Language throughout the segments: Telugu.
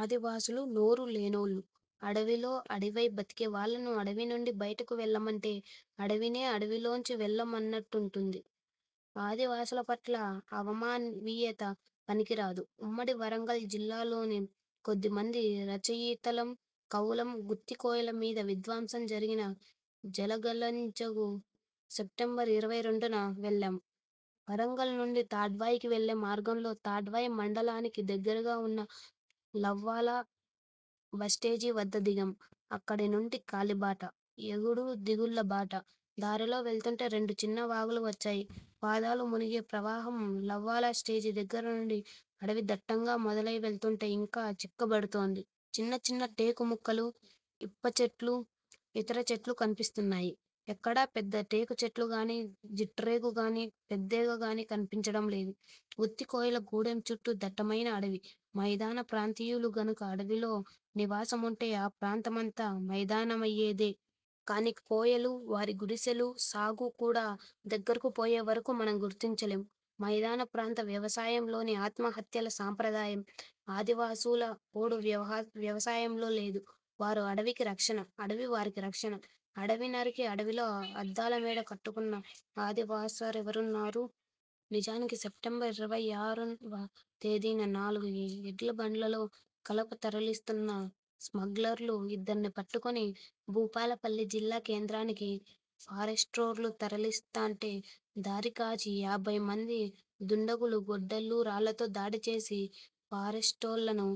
ఆదివాసులు నోరు లేనోళ్ళు. అడవిలో అడివై బతికే వాళ్ళను అడవి నుండి బయటకు వెళ్ళమంటే అడివినే అడివిలోంచి వెళ్ళమన్నట్టుంటుంది. ఆదివాసుల పట్ల అమానవీయత పనికిరాదు. ఉమ్మడి వరంగల్ జిల్లాలోని కొద్దిమంది రచయితలం, కవులం గుత్తికోయల మీద విధ్వంసం జరిగిన జలగలంచకు సెప్టెంబర్ ఇరవై రెండున వెళ్లాం. వరంగల్ నుండి తాడ్వాయికి వెళ్ళే మార్గంలో, తాడ్వాయి మండలానికి దగ్గరగా ఉన్న లవ్వాల బస్టేజి వద్ద దిగాం. అక్కడి నుండి కాలిబాట. ఎగుడు దిగుళ్ళ బాట. దారిలో వెళ్తుంటే రెండు చిన్న వాగులు వచ్చాయి. పాదాలు మునిగే ప్రవాహం లవ్వాల స్టేజీ దగ్గర నుండి అడవి దట్టంగా మొదలై వెళ్తుంటే ఇంకా చిక్కబడ్తుంది. చిన్న చిన్న టేకు మొక్కలు, ఇప్ప చెట్లు, ఇతర చెట్లు కన్పిస్తున్నాయి. ఎక్కడా పెద్ద టేకు చెట్లు కాని, జిట్రేగు కాని, పెద్దేగ కాని కన్పించడం లేదు. గుత్తికోయల గూడెం చుట్టూ దట్టమైన అడవి. మైదాన ప్రాంతీయులు గనుక అడవిలో నివాసముంటే ఆ ప్రాంతమంతా మైదానమయ్యేదే! కాని కోయలు, వారి గుడిసెలు, సాగు కూడా దగ్గరకు పోయే వరకు మనం గుర్తించలేం. మైదాన ప్రాంత వ్యవసాయంలోని ఆత్మహత్యల సాంప్రదాయం, ఆదివాసుల పోడు వ్యవసాయంలో లేదు. వారు అడవికి రక్షణ. అడవి వారికి రక్షణ. అడవి నరికి, అడవిలో అద్దాల మేడ కట్టుకున్న ఆదివాసెవరున్నారు? నిజానికి సెప్టెంబర్ ఇరవై ఆరువ తేదీన నాలుగు ఎడ్ల బండ్లలో కలప తరలిస్తున్న స్మగ్లర్లు ఇద్దర్ని పట్టుకొని భూపాలపల్లి జిల్లా కేంద్రానికి ఫారెస్టోళ్ళు తరలిస్తాంటే దారి కాచి యాభై మంది దుండగులు గొడ్డళ్ళు, రాళ్ళతో దాడిచేసి, ఫారెస్టోళ్ళను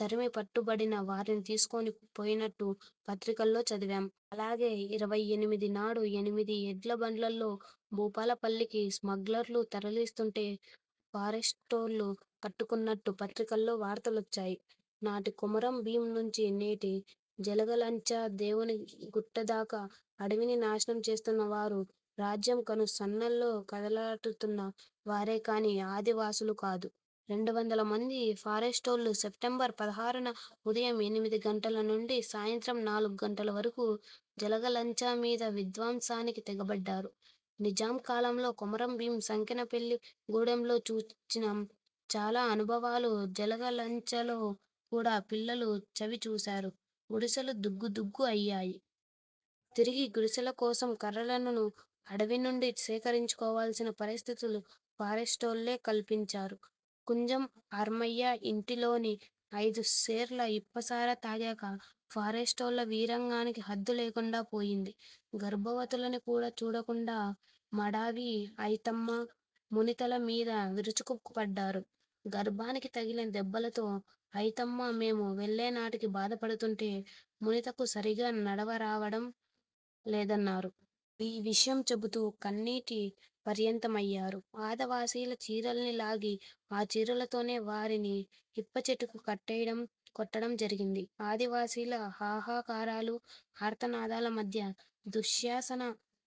తరిమి పట్టుబడిన వారిని తీసుకొని పోయినట్టు పత్రికల్లో చదివాం. అలాగే ఇరవై ఎనిమిది నాడు ఎనిమిది ఎడ్ల బండ్లల్లో భూపాలపల్లికి స్మగ్లర్లు తరలిస్తుంటే ఫారెస్టోళ్ళు పట్టుకున్నట్టు పత్రికల్లో వార్తలొచ్చాయి. నాటి కొమరం భీం నుంచి నేటి జలగలంచ, దేవుని గుట్ట దాక అడవిని నాశనం చేస్తున్న వారు రాజ్యం కను సన్నల్లో కదలాడుతున్న వారే కాని ఆదివాసులు కాదు. రెండు వందలమంది ఫారెస్టోళ్ళు సెప్టెంబర్ పదహారున ఉదయం ఎనిమిది గంటల నుండి సాయం త్రం నాలుగు గంటల వరకు జలగలంచ మీద విధ్వంసానికి తెగబడ్డారు. నిజాం కాలంలో కొమరం భీం సంకెనపెల్లి గూడెంలో చూచిన చాలా అనుభవాలు జలగలంచలో కూడా పిల్లలు చవి చూశారు. గుడిసెలు దుగ్గు దుగ్గు అయ్యాయి. తిరిగి గుడిసెల కోసం కర్రలను అడవి నుండి సేకరించుకోవాల్సిన పరిస్థితులు ఫారెస్టోళ్ళే కల్పించారు. కుంజం ఆర్మయ్య ఇంటి లోని ఐదు సేర్ల ఇప్పసార తాగాక ఫారెస్టోళ్ళ వీరంగానికి హద్దు లేకుండా పోయింది. గర్భవతులని కూడా చూడకుండా మడావి అయితమ్మ, మునితల మీద విరుచుకుపడ్డారు. గర్భానికి తగిలిన దెబ్బలతో అయితమ్మ మేము వెళ్ళేనాటికి బాధపడుతుంటే, మునితకు సరిగా నడవ రావడం లేదన్నారు. ఈ విషయం చెబుతూ కన్నీటి పర్యంతమయ్యారు. ఆదివాసీల చీరల్ని లాగి, ఆ చీరలతోనే వారిని ఇప్పచెట్టుకు కట్టేయడం, కొట్టడం జరిగింది. ఆదివాసీల హాహాకారాలు, ఆర్తనాదాల మధ్య దుశ్శాసన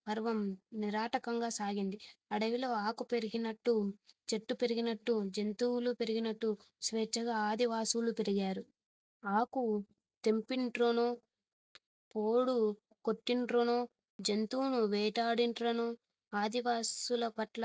పర్వం నిరాటంకంగా సాగింది. అడవిలో ఆకు పెరిగినట్టు, చెట్టు పెరిగినట్టు, జంతువులు పెరిగినట్టు స్వేచ్ఛగా ఆదివాసులూ పెరిగారు. ఆకు తెంపిండ్రనో, పోడు కొట్టిండ్రనో, జంతువును వేటాడిండ్రనో ఆదివాసుల పట్ల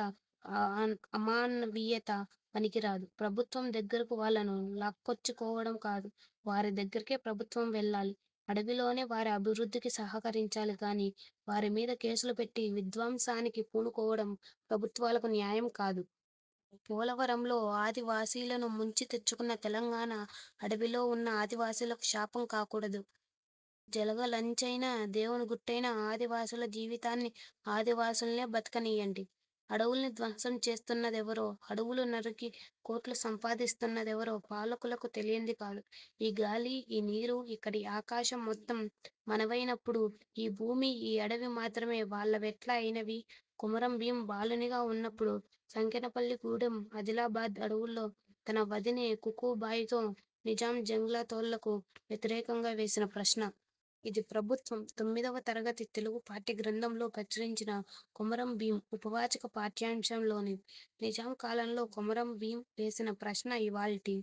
అమానవీయత పనికిరాదు. ప్రభుత్వం దగ్గరకు వాళ్ళను లాక్కొచ్చుకోవడం కాదు. వారి దగ్గరికే ప్రభుత్వం వెళ్ళాలి. అడవిలోనే వారి అభివృద్ధికి సహకరించాలి కాని, వారి మీద కేసులు పెట్టి, విధ్వంసానికి పూనుకోవడం ప్రభుత్వాలకు న్యాయం కాదు. పోలవరంలో ఆదివాసీలను ముంచి తెచ్చుకున్న తెలంగాణ, అడవిలో ఉన్న ఆదివాసీలకు శాపం కాకూడదు. జలగలంచైనా, దేవునిగుట్టైనా, ఆదివాసుల జీవితాన్ని ఆదివాసుల్నే బతకనీయండి. అడవుల్ని ధ్వంసం చేస్తున్నదెవరో, అడవులు నరికి కోట్లు సంపాదిస్తున్నదెవరో పాలకులకు తెలియంది కాదు. ''ఈ గాలి, ఈ నీరు, ఇక్కడి ఆకాశం మొత్తం మనవైనప్పుడు, ఈ భూమి, ఈ అడవి మాత్రమే వాళ్ళవెట్లా అయినవి'' కొమరం భీం బాలునిగా ఉన్నప్పుడు సంకెనపల్లి గూడెం, ఆదిలాబాద్ అడవుల్లో తన వదినె కుకుబాయితో నిజాం జంగ్లాతోళ్ళకు వ్యతిరేకంగా వేసిన ప్రశ్న. ఇది ప్రభుత్వం తొమ్మిదివ తరగతి తెలుగు పాఠ్య గ్రంథంలో ప్రచురించిన 'కొమరం భీం' ఉపవాచక పాఠ్యాంశంలోనిది. నిజాం కాలంలో కొమరం భీం వేసిన ప్రశ్న ఇవ్వాల్టి